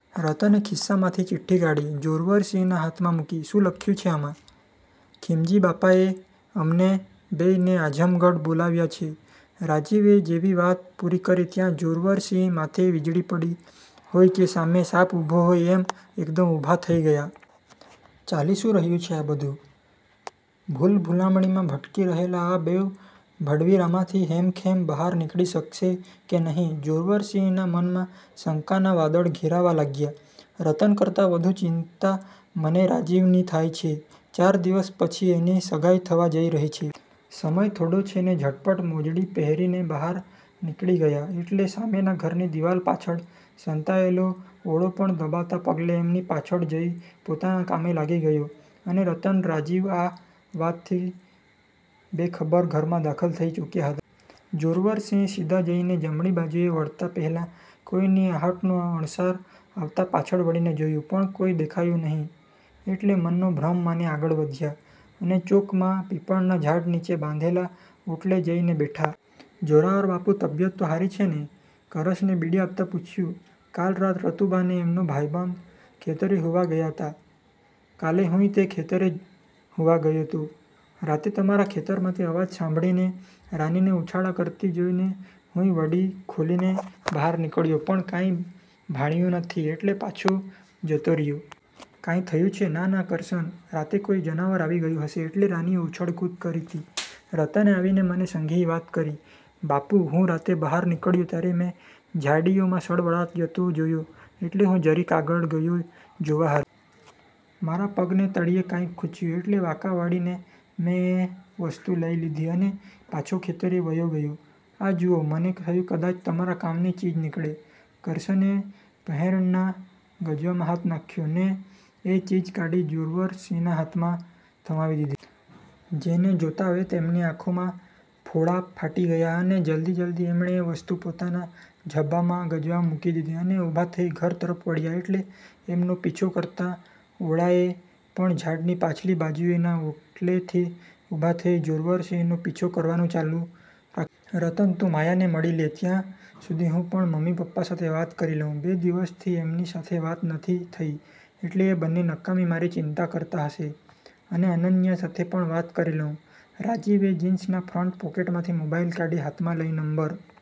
રતને ખિસ્સામાંથી ચિઠ્ઠી કાઢી જોરવરસિંહના હાથમાં મૂકી. "શું લખ્યું છે આમાં?" "ખીમજીબાપાએ અમને બેયને આઝમગઢ બોલાવ્યા છે." રાજીવે જેવી વાત પૂરી કરી ત્યાં જોરવરસિંહ માથે વીજળી પડી હોય કે સામે સાપ ઊભો હોય એમ એકદમ ઊભા થઈ ગયા. "ચાલી શું રહ્યું છે આ બધું? ભૂલભુલામણીમાં ભટકી રહેલા આ બેઉ ભડવીર આમાંથી હેમખેમ બહાર નીકળી શકશે કે નહીં? " જોરવરસિંહના મનમાં શંકાના વાદળ ઘેરાવા લાગ્યા, "રતન કરતા વધુ ચિંતા મને રાજીવની થાય છે, ચાર દિવસ પછી એની સગાઈ થવા જઈ રહી છે. સમય થોડો છે ને." ઝટપટ મોજડી પહેરીને બહાર નીકળી ગયા એટલે સામેના ઘરની દીવાલ પાછળ સંતાયેલો ઓળો પણ દબાતા પગલે એમની પાછળ જઈ પોતાના કામે લાગી ગયો, અને રતન-રાજીવ આ વાતથી બેખબર ઘરમાં દાખલ થઈ ચૂક્યા હતા. જોરવરસિંહ સીધા જઈને જમણી બાજુએ વળતાં પહેલા કોઈની આહટનો અણસાર આવતા પાછળ વળીને જોયું પણ કોઈ દેખાયું નહિ એટલે મનનો ભ્રમ માની આગળ વધ્યા અને ચોકમાં પીપળાના ઝાડ નીચે બાંધેલા ઓટલે જઈને બેઠા. "જોરાવરબાપુ, તબિયત તો હારી સે ને?" કરસને બીડી આપતાં પૂછ્યું, "કાલ રાતે, રતુભા ને એમનો ભાઈબંધ ખેતરે હુવા ગયા'તા?" "કાલે હુંય તે ખેતરે જ હુવા ગયો'તો. રાતે તમારા ખેતરમાંથી અવાજ સાંભળીને રાનીને ઉછાળા કરતી જોઈને હુંય વંડી ખોલીને બહાર નીકળ્યો પણ કાંઈ ભાળ્યું નહિ એટલે પાછો જતો રીયો. કાંય થયું છે? " "ના-ના કરસન, રાતે કોઈ જનાવર આવી ગયું હશે એટલે રાનીએ ઉછળકૂદ કરી'તી. રતને આવીને મને સંઘીય વાત કરી." "બાપુ, હું રાતે બહાર નીકળ્યો ત્યારે મેં ઝાડીઓમાં સળવળાટ થતો જોયો એટલે હું જરીક આગળ ગયો, જોવા હારુ. મારા પગના તળિયે કાંઈક ખુચ્યું એટલે વાંકા વળીને મેં એ વસ્તુ લઈ લીધી અને પાછો ખેતરે વયો ગયો. આ જુઓ, મને થયું કદાચ તમારા કામની ચીજ નીકળે," કરસને પહેરણના ગજવામાં હાથ નાખ્યો ને એ ચીજ કાઢી જોરવરસિંહના હાથમાં થમાવી દીધી. જેને જોતાંવેંત એમની આંખોના ડોળા ફાટી ગયા અને જલ્દી-જલ્દી એમણે એ વસ્તુ પોતાના ઝભ્ભાના ગજવામાં મૂકી દીધી અને ઊભા થઈ ઘર તરફ વળ્યા એટલે એમનો પીછો કરતા ઓળાએ પણ ઝાડની પાછલી બાજુએના ઓટલેથી ઊભા થઈ જોરવરસિંહનો પીછો કરવાનું ચાલુ રાખ્યું. "રતન, તું માયાને મળી લે ત્યાં સુધી હું પણ મમ્મી-પપ્પા સાથે વાત કરી લઉં, બે દિવસથી એમની સાથે વાત નથી થઈ, એટલે એ બંને નકામી મારી ચિંતા કરતા હશે, અને અનન્યા સાથે પણ વાત કરી લઉં." રાજીવે જીન્સના ફ્રન્ટ પોકેટમાંથી મોબાઈલ કાઢી હાથમાં લઈ નંબર